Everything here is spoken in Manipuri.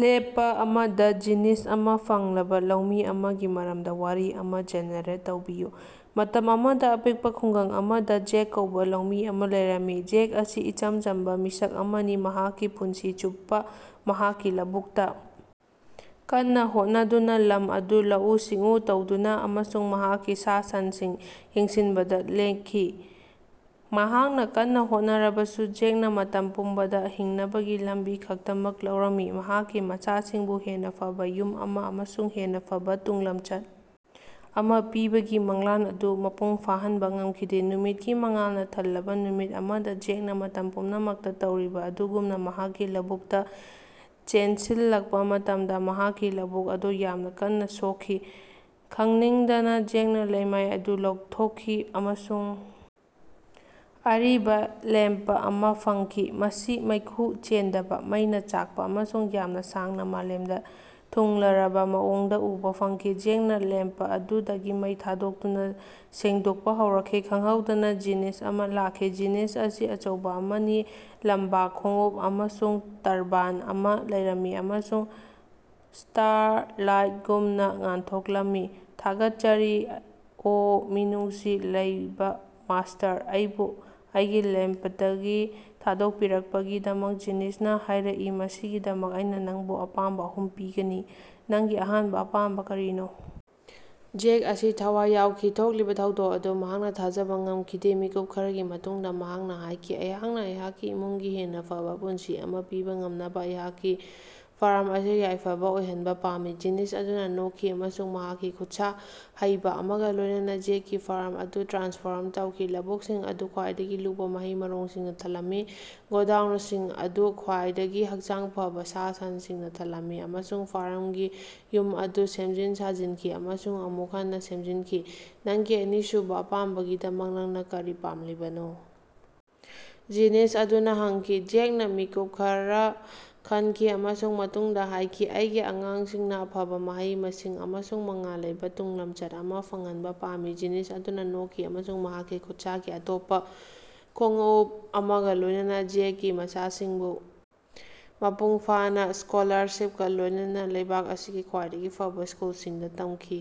ꯂꯦꯝꯄ ꯑꯃꯥꯗ ꯖꯤꯅꯤꯁ ꯑꯃꯥ ꯐꯪꯂꯕꯥ ꯂꯧꯃꯤ ꯑꯃꯒꯤ ꯃꯔꯝꯗꯥ ꯋꯥꯔꯤ ꯑꯃꯥ ꯖꯦꯅꯦꯔꯦꯠ ꯇꯧꯕꯤꯌꯨ꯫ ꯃꯇꯝ ꯑꯃꯗꯥ ꯑꯄꯤꯛꯄꯥ ꯈꯨꯡꯒꯪ ꯑꯃꯗꯥ ꯖꯦꯛ ꯀꯧꯕ ꯂꯧꯃꯤ ꯑꯃꯥ ꯂꯩꯔꯝꯃꯤ꯫ ꯖꯦꯛ ꯑꯁꯤ ꯏꯆꯝ ꯆꯝꯕꯥ ꯃꯤꯁꯛ ꯑꯃꯅꯤ, ꯃꯍꯥꯛꯀꯤ ꯄꯨꯟꯁꯤ ꯆꯨꯞꯄꯥ ꯃꯍꯥꯛꯀꯤ ꯂꯧꯕꯨꯛꯇꯥ ꯀꯟꯅꯥ ꯍꯣꯠꯅꯗꯨꯅꯥ, ꯂꯝ ꯑꯗꯨ ꯂꯧꯎ ꯁꯤꯡꯎ ꯇꯧꯗꯨꯅꯥ ꯑꯃꯁꯨꯡ ꯃꯍꯥꯛꯀꯤ ꯁꯥ ꯁꯟꯁꯤꯡ ꯌꯦꯡꯁꯤꯟꯕꯗꯥ ꯂꯦꯡꯈꯤ꯫ ꯃꯍꯥꯛꯅꯥ ꯀꯟꯅꯥ ꯍꯣꯠꯅꯔꯕꯁꯨ ꯖꯦꯛꯅꯥ ꯃꯇꯝ ꯄꯨꯝꯕꯗꯥ ꯍꯤꯡꯅꯕꯒꯤ ꯂꯝꯕꯤ ꯈꯛꯇꯃꯛ ꯂꯩꯔꯝꯃꯤ꯫ ꯃꯍꯥꯛꯀꯤ ꯃꯆꯥꯁꯤꯡꯕꯨ ꯍꯦꯟꯅꯥ ꯐꯕꯥ ꯌꯨꯝ ꯑꯃꯥ ꯑꯃꯁꯨꯡ ꯍꯦꯟꯅꯥ ꯐꯕꯥ ꯇꯨꯡꯂꯝꯆꯠ ꯑꯃꯥ ꯄꯤꯕꯒꯤ ꯃꯪꯂꯥꯟ ꯑꯗꯨ ꯃꯄꯨꯡ ꯐꯥꯍꯟꯕꯥ ꯉꯝꯈꯤꯗꯦ꯫ ꯅꯨꯃꯤꯠꯀꯤ ꯃꯉꯥꯜꯅꯥ ꯊꯜꯂꯕꯥ ꯅꯨꯃꯤꯠ ꯑꯃꯗꯥ ꯖꯦꯛꯅꯥ ꯃꯇꯝ ꯄꯨꯝꯅꯃꯛꯇꯥ ꯇꯧꯔꯤꯕꯥ ꯑꯗꯨꯒꯨꯝꯅꯥ ꯃꯍꯥꯛꯀꯤ ꯂꯧꯕꯨꯛꯇꯥ ꯆꯦꯟꯁꯤꯜꯂꯛꯄꯥ ꯃꯇꯝꯗꯥ ꯃꯍꯥꯛꯀꯤ ꯂꯧꯕꯨꯛ ꯑꯗꯨ ꯌꯥꯝꯅꯥ ꯀꯟꯅꯥ ꯁꯣꯛꯈꯤ꯫ ꯈꯪꯅꯤꯡꯗꯅꯥ ꯖꯦꯛꯅꯥ ꯂꯩꯃꯥꯏ ꯑꯗꯨ ꯂꯧꯊꯣꯛꯈꯤ ꯑꯃꯁꯨꯡ ꯑꯔꯤꯕꯥ ꯂꯦꯝꯄ ꯑꯃꯥ ꯐꯪꯈꯤ꯫ ꯃꯁꯤ ꯃꯩꯈꯨ ꯆꯦꯟꯗꯕꯥ ꯃꯩꯅꯥ ꯆꯥꯛꯄꯥ ꯑꯃꯁꯨꯡ ꯌꯥꯝꯅꯥ ꯁꯥꯡꯅꯥ ꯃꯥꯂꯦꯝꯗꯥ ꯊꯨꯡꯂꯔꯕꯥ ꯃꯑꯣꯡꯗꯥ ꯎꯕꯥ ꯐꯪꯈꯤ꯫ ꯖꯦꯛꯅꯥ ꯂꯦꯝꯄ ꯑꯗꯨꯗꯒꯤ ꯃꯩ ꯊꯥꯗꯣꯛꯇꯨꯅꯥ ꯁꯦꯡꯗꯣꯛꯄꯥ ꯍꯧꯔꯛꯈꯤ, ꯈꯪꯍꯧꯗꯅꯥ ꯖꯤꯅꯤꯁ ꯑꯃꯥ ꯂꯥꯛꯈꯤ꯫ꯖꯤꯅꯤꯁ ꯑꯁꯤ ꯑꯆꯧꯕꯥ ꯑꯃꯅꯤ ꯂꯝꯕꯥ ꯈꯣꯡꯎꯞ ꯑꯃꯁꯨꯡ ꯇꯔꯕꯥꯟ ꯑꯃꯥ ꯂꯩꯔꯝꯃꯤ, ꯑꯃꯁꯨꯡ ꯁ꯭ꯇꯥꯔꯂꯥꯏꯠꯒꯨꯝꯅꯥ ꯉꯥꯟꯊꯣꯛꯂꯝꯃꯤ꯫ ꯊꯥꯒꯠꯆꯔꯤ ꯑꯣ ꯃꯤꯅꯨꯡꯁꯤ ꯂꯩꯕꯥ ꯃꯥꯁ꯭ꯇꯔ, ꯑꯩꯕꯨ ꯑꯩꯒꯤ ꯂꯦꯝꯄꯇꯒꯤ ꯊꯥꯗꯣꯛꯄꯤꯔꯛꯄꯒꯤꯗꯃꯛ ꯖꯤꯅꯤꯁꯅꯥ ꯍꯥꯏꯔꯛꯏ ꯃꯁꯤꯒꯤꯗꯃꯛ ꯑꯩꯅꯥ ꯅꯪꯕꯨ ꯑꯄꯥꯝꯕꯥ ꯑꯍꯨꯝ ꯄꯤꯒꯅꯤ꯫ ꯅꯪꯒꯤ ꯑꯍꯥꯟꯕꯥ ꯑꯄꯥꯝꯕꯥ ꯀꯔꯤꯅꯣ? ꯖꯦꯛ ꯑꯁꯤ ꯊꯋꯥꯏ ꯌꯥꯎꯈꯤ꯫ ꯊꯣꯛꯂꯤꯕꯥ ꯊꯧꯗꯣꯛ ꯑꯗꯨ ꯃꯍꯥꯛ ꯊꯥꯖꯕꯥ ꯉꯝꯈꯤꯗꯦ꯫ ꯃꯤꯀꯨꯞ ꯈꯔꯒꯤ ꯃꯇꯨꯡꯗꯥ ꯃꯍꯥꯛꯅꯥ ꯍꯥꯏꯈꯤ, ꯑꯩꯍꯥꯛꯅꯥ ꯑꯩꯍꯥꯛꯀꯤ ꯏꯃꯨꯡꯒꯤ ꯍꯦꯟꯅꯥ ꯐꯕꯥ ꯄꯨꯟꯁꯤ ꯑꯃꯥ ꯄꯤꯕꯥ ꯉꯝꯅꯕꯥ ꯑꯩꯍꯥꯛꯀꯤ ꯐꯥꯔꯝ ꯑꯁꯤ ꯌꯥꯏꯐꯕꯥ ꯑꯣꯏꯍꯟꯕꯥ ꯄꯥꯝꯃꯤ꯫ ꯖꯤꯅꯤꯁ ꯑꯗꯨꯅꯥ ꯅꯣꯛꯈꯤ ꯑꯃꯁꯨꯡ ꯃꯍꯥꯛꯀꯤ ꯈꯨꯠꯁꯥ ꯍꯩꯕꯥ ꯑꯃꯒꯥ ꯂꯣꯏꯅꯅꯥ ꯖꯦꯛꯀꯤ ꯐꯥꯔꯝ ꯑꯗꯨ ꯇ꯭ꯔꯥꯟꯁꯐꯣꯔꯝ ꯇꯧꯈꯤ꯫ ꯂꯧꯕꯨꯛꯁꯤꯡ ꯑꯗꯨ ꯈ꯭ꯋꯥꯏꯗꯒꯤ ꯂꯨꯕꯥ ꯃꯍꯩ-ꯃꯔꯣꯡꯁꯤꯡꯅꯥ ꯊꯜꯂꯝꯃꯤ, ꯒꯣꯗꯥꯎꯅꯁꯤꯡ ꯑꯗꯨ ꯈ꯭ꯋꯥꯏꯗꯒꯤ ꯍꯛꯆꯥꯡ ꯐꯕꯥ ꯁꯥ-ꯁꯟꯁꯤꯡꯅꯥ ꯊꯜꯂꯝꯃꯤ ꯑꯃꯁꯨꯡ ꯐꯥꯔꯝꯒꯤ ꯌꯨꯝ ꯑꯗꯨ ꯁꯦꯝꯖꯤꯟ-ꯁꯥꯖꯤꯟꯈꯤ ꯑꯃꯁꯨꯡ ꯑꯃꯨꯛ ꯍꯟꯅꯥ ꯁꯦꯝꯖꯤꯟꯈꯤ꯫ ꯅꯪꯒꯤ ꯑꯅꯤꯁꯨꯕꯥ ꯑꯄꯥꯝꯕꯒꯤꯗꯃꯛ ꯅꯪꯅꯥ ꯀꯔꯤ ꯄꯥꯝꯂꯤꯕꯅꯣ? ꯖꯤꯅꯤꯁ ꯑꯗꯨꯅꯥ ꯍꯪꯈꯤ꯫ ꯖꯦꯛꯅꯥ ꯃꯤꯀꯨꯞ ꯈꯔꯥ ꯈꯟꯈꯤ ꯑꯃꯁꯨꯡ ꯃꯇꯨꯡꯗꯥ ꯍꯥꯏꯈꯤ ꯑꯩꯒꯤ ꯑꯉꯥꯡꯁꯤꯡꯅꯥ ꯑꯐꯕꯥ ꯃꯍꯩ-ꯃꯁꯤꯡ ꯑꯃꯁꯨꯡ ꯃꯉꯥꯜ ꯂꯩꯕꯥ ꯇꯨꯡꯂꯝꯆꯠ ꯑꯃꯥ ꯐꯪꯍꯟꯕꯥ ꯄꯥꯝꯃꯤ꯫ ꯖꯤꯅꯤꯁ ꯑꯗꯨꯅꯥ ꯅꯣꯛꯈꯤ ꯑꯃꯁꯨꯡ ꯃꯍꯥꯛꯀꯤ ꯈꯨꯠꯁꯥꯒꯤ ꯑꯇꯣꯞꯄꯥ ꯈꯣꯉꯎꯞ ꯑꯃꯒꯥ ꯂꯣꯏꯅꯅꯥ ꯖꯦꯛꯀꯤ ꯃꯆꯥꯁꯤꯡꯕꯨ ꯃꯄꯨꯡ ꯐꯥꯅꯥ ꯁ꯭ꯀꯣꯂꯥꯔꯁꯤꯄꯀꯥ ꯂꯣꯏꯅꯅꯥ ꯂꯩꯕꯥꯛ ꯑꯁꯤꯒꯤ ꯈ꯭ꯋꯥꯏꯗꯒꯤ ꯐꯕꯥ ꯁ꯭ꯀꯨꯜꯁꯤꯡꯗꯥ ꯇꯝꯈꯤ꯫